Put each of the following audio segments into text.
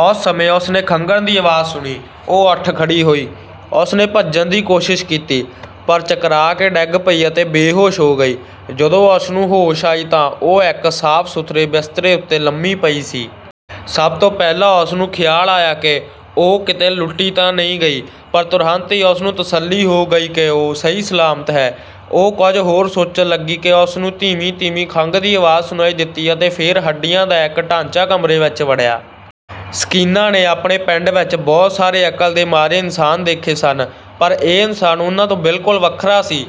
ਉਸੇ ਸਮੇਂ ਉਸਨੇ ਖੰਘਣ ਦੀ ਆਵਾਜ਼ ਸੁਣੀ। ਉਹ ਉੱਠ ਖੜ੍ਹੀ ਹੋਈ, ਉਸਨੇ ਭੱਜਣ ਦੀ ਕੋਸ਼ਿਸ਼ ਕੀਤੀ, ਪਰ ਚਕਰਾ ਕੇ ਡਿੱਗ ਪਈ ਅਤੇ ਬੇਹੋਸ਼ ਹੋ ਗਈ। ਜਦੋਂ ਉਸ ਨੂੰ ਹੋਸ਼ ਆਈ ਤਾਂ ਉਹ ਇਕ ਸਾਫ਼-ਸੁਥਰੇ ਬਿਸਤਰੇ ਉਤੇ ਲੰਮੀ ਪਈ ਸੀ। ਸਭ ਤੋਂ ਪਹਿਲਾਂ ਉਸਨੂੰ ਖ਼ਿਆਲ ਆਇਆ ਕਿ ਉਹ ਕਿਤੇ ਲੁੱਟੀ ਤਾਂ ਨਹੀਂ ਗਈ, ਪਰ ਤੁਰੰਤ ਹੀ ਉਸਨੂੰ ਤਸੱਲੀ ਹੋ ਗਈ ਕਿ ਉਹ ਸਹੀ ਸਲਾਮਤ ਹੈ। ਉਹ ਕੁਝ ਹੋਰ ਸੋਚਣ ਲੱਗੀ ਕਿ ਉਸਨੂੰ ਧੀਮੀ-ਧੀਮੀ ਖੰਘ ਦੀ ਆਵਾਜ਼ ਸੁਣਾਈ ਦਿੱਤੀ ਅਤੇ ਫੇਰ ਹੱਡੀਆਂ ਦਾ ਇਕ ਢਾਂਚਾ ਕਮਰੇ ਵਿਚ ਵੜਿਆ। ਸਕੀਨਾ ਨੇ ਆਪਣੇ ਪਿੰਡ ਵਿਚ ਬਹੁਤ ਸਾਰੇ ਅਕਲ ਦੇ ਮਾਰੇ ਇਨਸਾਨ ਦੇਖੇ ਸਨ, ਪਰ ਇਹ ਇਨਸਾਨ ਉਨ੍ਹਾਂ ਤੋਂ ਬਿਲਕੁਲ ਵੱਖਰਾ ਸੀ;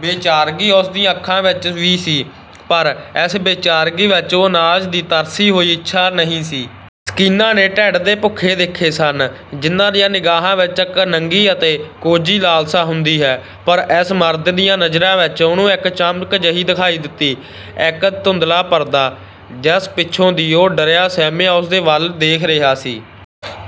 ਬੇਚਾਰਗੀ ਉਸ ਦੀਆਂ ਅੱਖਾਂ ਵਿਚ ਵੀ ਸੀ, ਪਰ ਇਸ ਬੇਚਾਰਗੀ ਵਿਚ ਉਹ ਅਨਾਜ ਦੀ ਤਰਸੀ ਹੋਈ ਇੱਛਾ ਨਹੀਂ ਸੀ। ਸਕੀਨਾ ਨੇ ਢਿੱਡ ਦੇ ਭੁੱਖੇ ਦੇਖੇ ਸਨ, ਜਿਨ੍ਹਾਂ ਦੀਆਂ ਨਿਗਾਹਾਂ ਵਿਚ ਇਕ ਨੰਗੀ ਅਤੇ ਕੋਝੀ ਲਾਲਸਾ ਹੁੰਦੀ ਹੈ, ਪਰ ਇਸ ਮਰਦ ਦੀਆਂ ਨਜ਼ਰਾਂ ਵਿਚ ਉਹਨੂੰ ਇਕ ਚਮਕ ਜਹੀ ਦਿਖਾਈ ਦਿੱਤੀ, ਇਕ ਧੁੰਦਲਾ ਪਰਦਾ, ਜਿਸਦੇ ਪਿਛੋਂ ਦੀ ਉਹ ਡਰਿਆ-ਸਹਿਮਿਆ ਉਸਦੇ ਵੱਲ ਦੇਖ ਰਿਹਾ ਸੀ।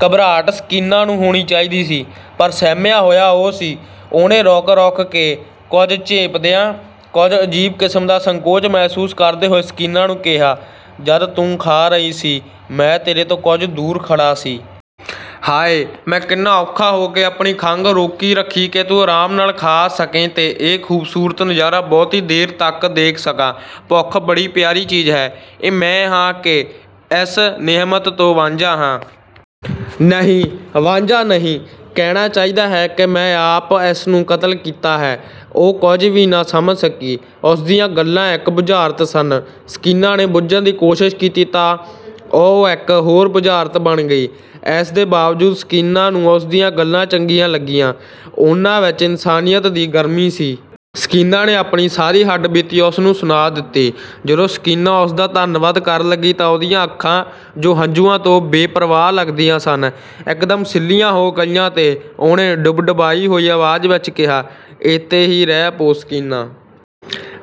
ਘਬਰਾਹਟ ਸਕੀਨਾ ਨੂੰ ਹੋਣੀ ਚਾਹੀਦੀ ਸੀ, ਪਰ ਸਹਿਮਿਆ ਹੋਇਆ ਉਹ ਸੀ। ਉਹਨੇ ਰੁਕ-ਰੁਕ ਕੇ, ਕੁਝ ਝੇਂਪਦਿਆਂ, ਕੁਝ ਅਜੀਬ ਕਿਸਮ ਦਾ ਸੰਕੋਚ ਮਹਿਸੂਸ ਕਰਦੇ ਹੋਏ ਸਕੀਨਾ ਨੂੰ ਕਿਹਾ, "ਜਦ ਤੂੰ ਖਾ ਰਹੀ ਸੀ, ਮੈਂ ਤੇਰੇ ਤੋਂ ਕੁਝ ਦੂਰ ਖੜ੍ਹਾ ਸੀ। ਹਾਇ! ਮੈਂ ਕਿੰਨਾ ਔਖਾ ਹੋ ਕੇ ਆਪਣੀ ਖੰਘ ਰੋਕੀ ਰੱਖੀ ਕਿ ਤੂੰ ਆਰਾਮ ਨਾਲ ਖਾ ਸਕੇਂ ਤੇ ਇਹ ਖ਼ੂਬਸੂਰਤ ਨਜ਼ਾਰਾ ਬਹੁਤੀ ਦੇਰ ਤਕ ਦੇਖ ਸਕਾਂ। ਭੁੱਖ ਬੜੀ ਪਿਆਰੀ ਚੀਜ਼ ਹੈ। "ਇਹ ਮੈਂ ਹਾਂ ਕਿ ਇਸ ਨਿਹਮਤ ਤੋਂ ਵਾਂਝਾ ਹਾਂ। ਨਹੀਂ, ਵਾਂਝਾ ਨਹੀਂ, ਕਹਿਣਾ ਚਾਹੀਦਾ ਹੈ ਕਿ ਮੈਂ ਆਪ ਇਸ ਨੂੰ ਕਤਲ ਕੀਤਾ ਹੈ।" ਉਹ ਕੁਝ ਵੀ ਨਾ ਸਮਝ ਸਕੀ। ਉਸਦੀਆਂ ਗੱਲਾਂ ਇਕ ਬੁਝਾਰਤ ਸਨ। ਸਕੀਨਾ ਨੇ ਬੁੱਝਣ ਦੀ ਕੋਸ਼ਿਸ਼ ਕੀਤੀ ਤਾਂ ਉਹ ਇਕ ਹੋਰ ਬੁਝਾਰਤ ਬਣ ਗਈ; ਇਸਦੇ ਬਾਵਜੂਦ ਸਕੀਨਾ ਨੂੰ ਉਸਦੀਆਂ ਗੱਲਾਂ ਚੰਗੀਆਂ ਲੱਗੀਆਂ, ਉਹਨਾਂ ਵਿਚ ਇਨਸਾਨੀਅਤ ਦੀ ਗਰਮੀ ਸੀ। ਸਕੀਨਾ ਨੇ ਆਪਣੀ ਸਾਰੀ ਹੱਡ-ਬੀਤੀ ਉਸਨੂੰ ਸੁਣਾਅ ਦਿੱਤੀ। ਜਦੋਂ ਸਕੀਨਾ ਉਸਦਾ ਧੰਨਵਾਦ ਕਰਨ ਲੱਗੀ ਤਾਂ ਉਹਦੀਆਂ ਅੱਖਾਂ, ਜੋ ਹੰਝੂਆਂ ਤੋਂ ਬੇਪ੍ਰਵਾਹ ਲੱਗਦੀਆਂ ਸਨ, ਇਕਦਮ ਸਿੱਲ੍ਹੀਆਂ ਹੋ ਗਈਆਂ ਅਤੇ ਉਹਨੇ ਡੁਬਡੁਬਾਈ ਹੋਈ ਆਵਾਜ਼ ਵਿਚ ਕਿਹਾ, "ਏਥੇ ਈ ਰਹਿ ਪਓ ਸਕੀਨਾ।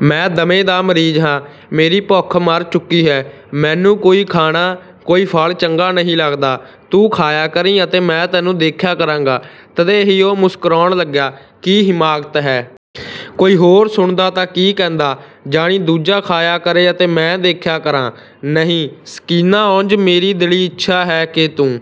ਮੈਂ ਦਮੇ ਦਾ ਮਰੀਜ਼ ਹਾਂ। ਮੇਰੀ ਭੁੱਖ ਮਰ ਚੁੱਕੀ ਹੈ। ਮੈਨੂੰ ਕੋਈ ਖਾਣਾ, ਕੋਈ ਫਲ ਚੰਗਾ ਨਹੀਂ ਲੱਗਦਾ। ਤੂੰ ਖਾਇਆ ਕਰੀਂ ਅਤੇ ਮੈਂ ਤੈਨੂੰ ਦੇਖਿਆ ਕਰਾਂਗਾ। "ਤਦੇ ਹੀ ਉਹ ਮੁਸਕਰਾਉਣ ਲੱਗਿਆ"। ਕੀ ਹਿਮਾਕਤ ਹੈ? ਕੋਈ ਹੋਰ ਸੁਣਦਾ ਤਾਂ ਕੀ ਕਹਿੰਦਾ? ਜਾਣੀ ਦੂਜਾ ਖਾਇਆ ਕਰੇ ਅਤੇ ਮੈਂ ਦੇਖਿਆ ਕਰਾਂ? ਨਹੀਂ ਸਕੀਨਾ ਉਂਝ ਮੇਰੀ ਦਿਲੀ ਇੱਛਾ ਹੈ ਕਿ ਤੂੰ